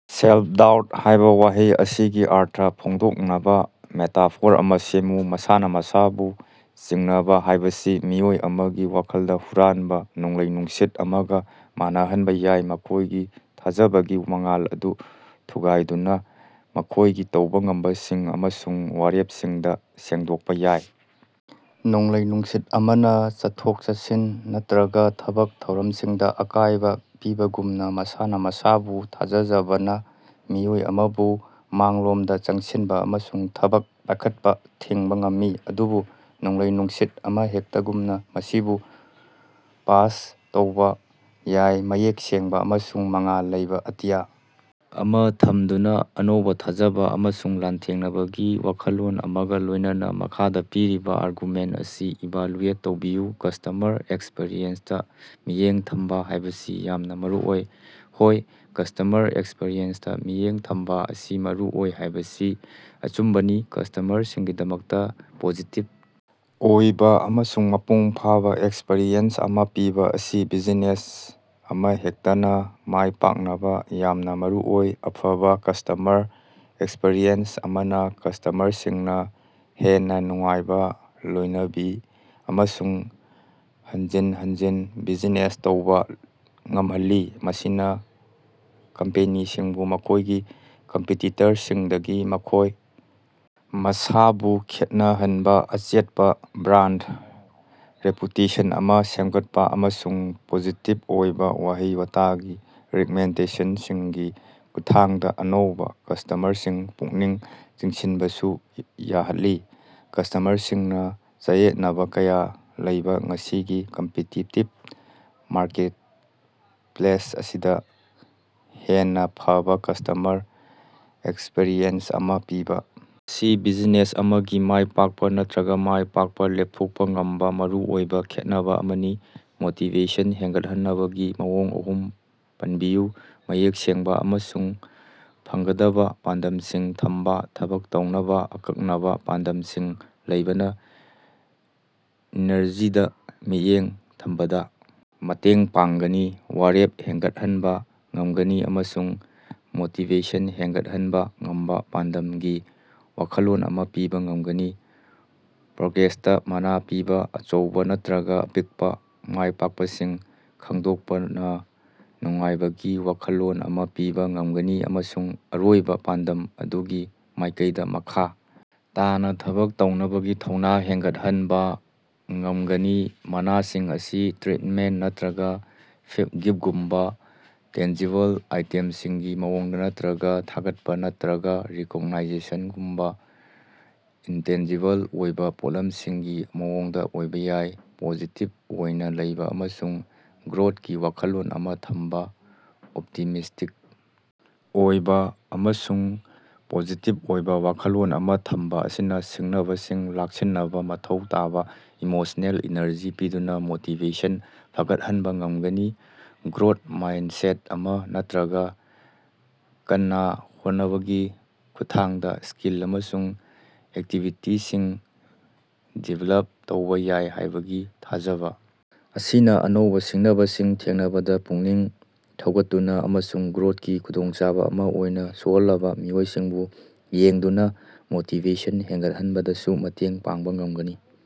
"Self-doubt" ꯍꯥꯏꯕ ꯋꯥꯍꯩ ꯑꯁꯤꯒꯤ ꯑꯔꯊ ꯐꯣꯡꯗꯣꯛꯅꯕꯥ ꯃꯦꯇꯥꯐꯣꯔ ꯑꯃ ꯁꯦꯝꯃꯨ꯫ ꯃꯁꯥꯅ ꯃꯁꯥꯕꯨ ꯆꯤꯡꯅꯕ ꯍꯥꯏꯕꯁꯤ ꯃꯤꯑꯣꯏ ꯑꯃꯒꯤ ꯋꯥꯈꯜꯗ ꯍꯨꯔꯥꯟꯕ ꯅꯣꯡꯂꯩ-ꯅꯨꯡꯁꯤꯠ ꯑꯃꯒ ꯃꯥꯟꯅꯍꯟꯕ ꯌꯥꯏ, ꯃꯈꯣꯏꯒꯤ ꯊꯥꯖꯕꯒꯤ ꯃꯉꯥꯜ ꯑꯗꯨ ꯊꯨꯒꯥꯏꯗꯨꯅ ꯃꯈꯣꯏꯒꯤ ꯇꯧꯕ ꯉꯝꯕꯁꯤꯡ ꯑꯃꯁꯨꯡ ꯋꯥꯔꯦꯞꯁꯤꯡꯗ ꯁꯦꯡꯗꯣꯛꯄ ꯌꯥꯏ꯫ ꯅꯣꯡꯂꯩ-ꯅꯨꯡꯁꯤꯠ ꯑꯃꯅ ꯆꯠꯊꯣꯛ-ꯆꯠꯁꯤꯟ ꯅꯠꯇꯔꯒ ꯊꯕꯛ ꯊꯧꯔꯝꯁꯤꯡꯗ ꯑꯀꯥꯏꯕ ꯄꯤꯕꯒꯨꯝꯅ, ꯃꯁꯥꯅ ꯃꯁꯥꯕꯨ ꯊꯥꯖꯖꯕꯅ ꯃꯤꯑꯣꯏ ꯑꯃꯕꯨ ꯃꯥꯡꯂꯣꯝꯗ ꯆꯪꯁꯤꯟꯕ ꯑꯃꯁꯨꯡ ꯊꯕꯛ ꯄꯥꯏꯈꯠꯄ ꯊꯤꯡꯕ ꯉꯝꯃꯤ꯫ ꯑꯗꯨꯕꯨ ꯅꯣꯡꯂꯩ-ꯅꯨꯡꯁꯤꯠ ꯑꯃꯍꯦꯛꯇꯒꯨꯝꯅ, ꯃꯁꯤꯁꯨ ꯄꯥꯁ ꯇꯧꯕ ꯌꯥꯏ, ꯃꯌꯦꯛ ꯁꯦꯡꯕꯥ ꯑꯃꯁꯨꯡ ꯃꯉꯥꯜ ꯂꯩꯕ ꯑꯇꯤꯌꯥ ꯑꯃꯥ ꯊꯝꯗꯨꯅꯥ, ꯑꯅꯧꯕ ꯊꯥꯖꯕ ꯑꯃꯁꯨꯡ ꯂꯥꯟꯊꯦꯡꯅꯕꯒꯤ ꯋꯥꯈꯜꯂꯣꯟ ꯑꯃꯒ ꯂꯣꯏꯅꯅꯥ꯫ ꯃꯈꯥꯗ ꯄꯤꯔꯤꯕ ꯑꯥꯔꯒꯨꯃꯦꯟꯇ ꯑꯁꯤ ꯏꯚꯥꯜꯌꯨꯑꯦꯠ ꯇꯧꯕꯤꯌꯨ ꯀꯁ꯭ꯇꯃꯔ ꯑꯦꯛꯁꯄꯤꯔꯤꯑꯦꯟꯁꯇꯥ ꯃꯤꯠꯌꯦꯡ ꯊꯝꯕꯥ ꯍꯥꯏꯕꯁꯤ ꯌꯥꯝꯅ ꯃꯔꯨꯑꯣꯏ꯫ ꯍꯣꯏ, ꯀꯁ꯭ꯇꯃꯔ ꯑꯦꯛꯁꯄꯔꯤꯌꯦꯟꯁꯇꯥ ꯃꯤꯠꯌꯦꯡ ꯊꯝꯕꯥ ꯑꯁꯤ ꯃꯔꯨꯑꯣꯏ ꯍꯥꯏꯕꯁꯤ ꯑꯆꯨꯝꯕꯅꯤ꯫ ꯀꯁ꯭ꯇꯃꯔꯁꯤꯡꯒꯤꯗꯃꯛꯇꯥ ꯄꯣꯖꯤꯇꯤꯕ ꯑꯣꯏꯕ ꯑꯃꯁꯨꯡ ꯃꯄꯨꯡ ꯐꯥꯕ ꯑꯦꯛꯁꯄꯔꯤꯌꯦꯟꯁ ꯑꯃ ꯄꯤꯕ ꯑꯁꯤ ꯕꯤꯖꯤꯅꯦꯁ ꯑꯃꯍꯦꯛꯇꯅꯥ ꯃꯥꯏ ꯄꯥꯛꯅꯕ ꯌꯥꯝꯅ ꯃꯔꯨꯑꯣꯏ꯫ ꯑꯐꯕꯥ ꯀꯁ꯭ꯇꯃꯔ ꯑꯦꯛꯁꯄꯤꯔꯤꯑꯦꯟꯁ ꯑꯃꯅ ꯀꯁ꯭ꯇꯃꯔꯁꯤꯡꯅ ꯍꯦꯟꯅꯥ ꯅꯨꯡꯉꯥꯏꯕ, ꯂꯣꯏꯅꯕꯤ ꯑꯃꯁꯨꯡ ꯍꯟꯖꯤꯟ ꯍꯟꯖꯤꯟ ꯕꯤꯖꯤꯅꯦꯁ ꯇꯧꯕꯥ ꯉꯝꯍꯜꯂꯤ꯫ ꯃꯁꯤꯅ ꯀꯝꯄꯦꯅꯤꯁꯤꯡꯕꯨ ꯃꯈꯣꯏꯒꯤ ꯀꯝꯄꯤꯇꯤꯇꯔꯁꯤꯡꯗꯒꯤ ꯃꯈꯣꯏ ꯃꯁꯥꯕꯨ ꯈꯦꯠꯅ ꯍꯟꯕꯥ, ꯑꯆꯦꯠꯄꯥ ꯕ꯭ꯔꯥꯟꯗ ꯔꯦꯄꯨꯇꯦꯁꯟ ꯑꯃ ꯁꯦꯝꯒꯠꯄꯥ, ꯑꯃꯁꯨꯡ ꯄꯣꯖꯤꯇꯤꯕ ꯑꯣꯏꯕ ꯋꯥꯍꯩ-ꯋꯥꯇꯒꯤ ꯔꯤꯛꯃꯦꯟꯗꯦꯁꯟꯁꯤꯡꯒꯤ ꯈꯨꯠꯊꯥꯡꯗ ꯑꯅꯧꯕ ꯀꯁ꯭ꯇꯃꯔꯁꯤꯡ ꯄꯨꯛꯅꯤꯡ ꯆꯤꯡꯁꯤꯟꯕꯁꯨ ꯌꯥꯍꯜꯂꯤ꯫ ꯀꯁ꯭ꯇꯃꯔꯁꯤꯡꯅꯥ ꯆꯌꯦꯠꯅꯕꯥ ꯀꯌꯥ ꯂꯩꯕ ꯉꯁꯤꯒꯤ ꯀꯝꯄꯤꯇꯤꯇꯤꯕ ꯃꯥꯔꯀꯦꯠꯄꯂꯦꯁ ꯑꯁꯤꯗ, ꯍꯦꯟꯅꯥ ꯐꯕꯥ ꯀꯁ꯭ꯇꯃꯔ ꯑꯦꯛꯁꯄꯔꯤꯌꯦꯟꯁ ꯑꯃ ꯄꯤꯕ ꯑꯁꯤ ꯕꯤꯖꯤꯅꯦꯁ ꯑꯃꯒꯤ ꯃꯥꯏ ꯄꯥꯛꯄꯥ ꯅꯠꯇꯔꯒ ꯃꯥꯏ ꯄꯥꯛꯄ ꯂꯦꯞꯊꯣꯛꯄꯥ ꯉꯝꯕꯥ ꯃꯔꯨ ꯑꯣꯏꯕ ꯈꯦꯠꯅꯕꯥ ꯑꯃꯅꯤ꯫ ꯃꯣꯇꯤꯕꯦꯁꯟ ꯍꯦꯉꯠꯍꯟꯅꯕꯒꯤ ꯃꯑꯣꯡ ꯑꯍꯨꯝ ꯄꯟꯕꯤꯌꯨ꯫ ꯃꯌꯦꯛ ꯁꯦꯡꯕꯥ ꯑꯃꯁꯨꯡ ꯐꯪꯒꯗꯕꯥ ꯄꯥꯟꯗꯝꯁꯤꯡ ꯊꯝꯕꯥ: ꯊꯕꯛ ꯇꯧꯅꯕꯥ ꯑꯀꯛꯅꯕꯥ ꯄꯥꯟꯗꯝꯁꯤꯡ ꯂꯩꯕꯅ ꯏꯅꯔꯖꯤꯗꯥ ꯃꯤꯠꯌꯦꯡ ꯊꯝꯕꯗꯥ ꯃꯇꯦꯡ ꯄꯥꯡꯒꯅꯤ, ꯋꯥꯔꯦꯞ ꯍꯦꯒꯠꯍꯟꯕꯥ ꯉꯝꯒꯅꯤ ꯑꯃꯁꯨꯡ ꯃꯣꯇꯤꯕꯦꯁꯟ ꯍꯦꯒꯠꯍꯟꯕꯥ ꯉꯝꯕꯥ ꯄꯥꯟꯗꯝꯒꯤ ꯋꯥꯈꯜꯂꯣꯟ ꯑꯃ ꯄꯤꯕ ꯉꯝꯒꯅꯤ꯫ ꯄ꯭ꯔꯣꯒ꯭ꯔꯦꯁꯇꯥ ꯃꯅꯥ ꯄꯤꯕꯥ: ꯑꯆꯧꯕ ꯅꯠꯇꯔꯒ ꯑꯄꯤꯛꯄꯥ ꯃꯥꯏꯄꯥꯛꯄꯁꯤꯡ ꯈꯪꯗꯣꯛꯄꯅꯥ ꯅꯨꯡꯉꯥꯏꯕꯒꯤ ꯋꯥꯈꯜꯂꯣꯟ ꯑꯃ ꯄꯤꯕ ꯉꯝꯒꯅꯤ ꯑꯃꯁꯨꯡ ꯑꯔꯣꯏꯕ ꯄꯥꯟꯗꯝ ꯑꯗꯨꯒꯤ ꯃꯥꯏꯀꯩꯗ ꯃꯈꯥ ꯇꯥꯅ ꯊꯕꯛ ꯇꯧꯅꯕꯒꯤ ꯊꯧꯅꯥ ꯍꯦꯟꯒꯠꯍꯟꯕꯥ ꯉꯃꯒꯅꯤ꯫ ꯃꯅꯥꯁꯤꯡ ꯑꯁꯤ ꯇ꯭ꯔꯤꯠꯃꯦꯟꯇ ꯅꯠꯇꯔꯒꯥ ꯒꯤꯐꯒꯨꯝꯕꯥ ꯇꯦꯟꯖꯤꯕꯜ ꯑꯥꯏꯇꯦꯝꯁꯤꯡꯒꯤ ꯃꯑꯣꯡꯗꯥ ꯅꯠꯇꯔꯒꯥ ꯊꯥꯒꯠꯄ ꯅꯠꯇꯔꯒ ꯔꯤꯀꯣꯛꯅꯥꯏꯖꯦꯁꯟꯒꯨꯝꯕꯥ ꯏꯟꯇꯦꯟꯖꯤꯕꯜ ꯑꯣꯏꯕ ꯄꯣꯠꯂꯝꯁꯤꯡꯒꯤ ꯃꯑꯣꯡꯗ ꯑꯣꯏꯕ ꯌꯥꯏ꯫ ꯄꯣꯖꯤꯇꯤꯕ ꯑꯣꯏꯅꯥ ꯂꯩꯕ ꯑꯃꯁꯨꯡ ꯒ꯭ꯔꯣꯠꯀꯤ ꯋꯥꯈꯜꯂꯣꯟ ꯑꯃ ꯊꯝꯕꯥ: ꯑꯣꯞꯇꯤꯃꯤꯁ꯭ꯇꯤꯛ ꯑꯣꯏꯕ ꯑꯃꯁꯨꯡ ꯄꯣꯖꯤꯇꯤꯕ ꯑꯣꯏꯕ ꯋꯥꯈꯜꯂꯣꯟ ꯑꯃ ꯊꯝꯕꯥ ꯑꯁꯤꯅ ꯁꯤꯡꯅꯕꯁꯤꯡ ꯂꯥꯛꯁꯤꯟꯅꯕꯥ ꯃꯊꯧ ꯇꯥꯕ ꯏꯃꯣꯁꯅꯦꯜ ꯏꯅꯔꯖꯤ ꯄꯤꯗꯨꯅ ꯃꯣꯇꯤꯕꯦꯁꯟ ꯐꯒꯠꯍꯟꯕꯥ ꯉꯝꯒꯅꯤ꯫ ꯒ꯭ꯔꯣꯊ ꯃꯥꯏꯟꯁꯦꯠ ꯑꯃ, ꯅꯠꯇꯔꯒ ꯀꯟꯅꯥ ꯍꯣꯠꯅꯕꯒꯤ ꯈꯨꯠꯊꯥꯡꯗ ꯁ꯭ꯀꯤꯜ ꯑꯃꯁꯨꯡ ꯑꯦꯕꯤꯂꯤꯇꯤꯁꯤꯡ ꯗꯤꯕꯦꯂꯞ ꯇꯧꯕ ꯌꯥꯏ ꯍꯥꯏꯕꯒꯤ ꯊꯥꯖꯕ ꯑꯁꯤꯅ ꯑꯅꯧꯕ ꯁꯤꯡꯅꯕꯁꯤꯡ ꯊꯦꯡꯅꯕꯗꯥ ꯄꯨꯛꯅꯤꯡ ꯊꯧꯒꯠꯇꯨꯅ ꯑꯃꯁꯨꯡ ꯒ꯭ꯔꯣꯊꯀꯤ ꯈꯨꯗꯣꯡꯆꯥꯕ ꯑꯃ ꯑꯣꯏꯅ ꯁꯣꯍꯜꯂꯕꯥ ꯃꯤꯑꯣꯏꯁꯤꯡꯕꯨ ꯌꯦꯡꯗꯨꯅꯥ ꯃꯣꯇꯤꯕꯦꯁꯟ ꯍꯦꯒꯠꯍꯟꯕꯗꯁꯨ ꯃꯇꯦꯡ ꯄꯥꯡꯕ ꯉꯝꯒꯅꯤ꯫